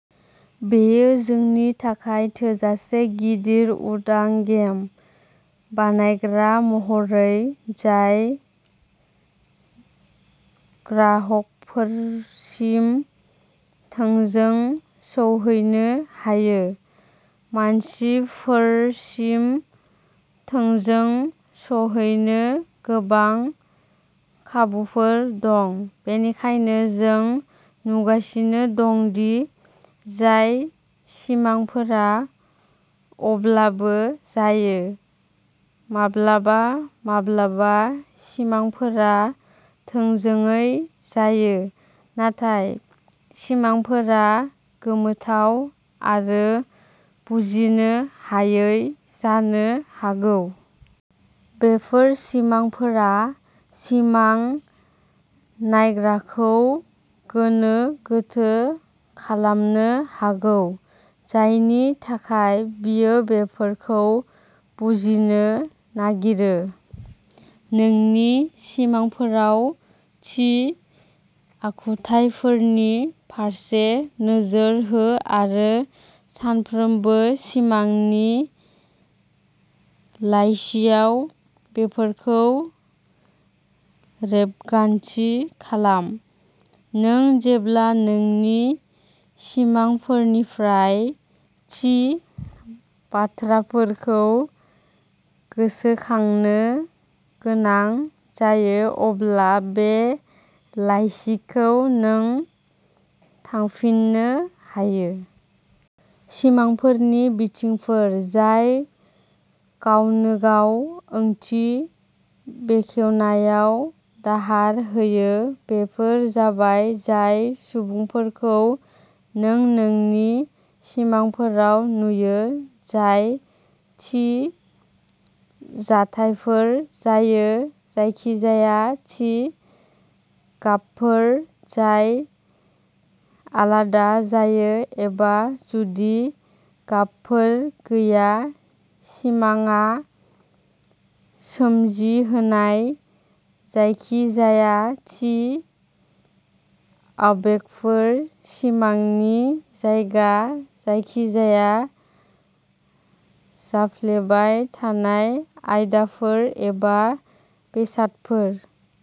बेयो जोंनि थाखाय थोजासे गिदिर उदां गेम बानायग्रा महरै जाय ग्राहकफोरसिम थोंजों सौहैनो हायो। मानसिफोरसिम थोंजों सौहैनो गोबां खाबुफोर दं, बेनिखायनो जों नुगासिनो दं दि जाय सिमांफोरा अब्लाबो जायो। माब्लाबा माब्लाबा सिमांफोरा थोंजोङै जायो नाथाय सिमांफोरा गोमोथाव आरो बुजिनो हायै जानो हागौ। बेफोर सिमांफोरा सिमां नायग्राखौ गोनो गोथो खालामनो हागौ जायनि थाखाय बियो बेफोरखौ बुजिनो नागिरो। नोंनि सिमांफोराव थि आखुथायफोरनि फारसे नोजोर हो आरो सानफ्रोमबो सिमांनि लाइसिआव बेफोरखौ रेबगान्थि खालाम। नों जेब्ला नोंनि सिमांफोरनिफ्राय थि बाथ्राफोरखौ गोसोखांनो गोनां जायो अब्ला बे लाइसिखौ नों थांफिननो हायो। सिमांफोरनि बिथिंफोर जाय गावनोगाव ओंथि बेखेवनायाव दाहार होयो बेफोर जाबाय जाय सुबुंफोरखौ नों नोंनि सिमांफोराव नुयो जाय थि जाथायफोर जायो, जायखिजाया थि गाबफोर जाय आलादा जायो एबा जुदि गाबफोर गैया सिमांआ सोमजिहोनाय जायखिजाया थि आबेगफोर सिमांनि जायगा जायखिजाया जाफ्लेबाय थानाय आयदाफोर एबा बेसादफोर।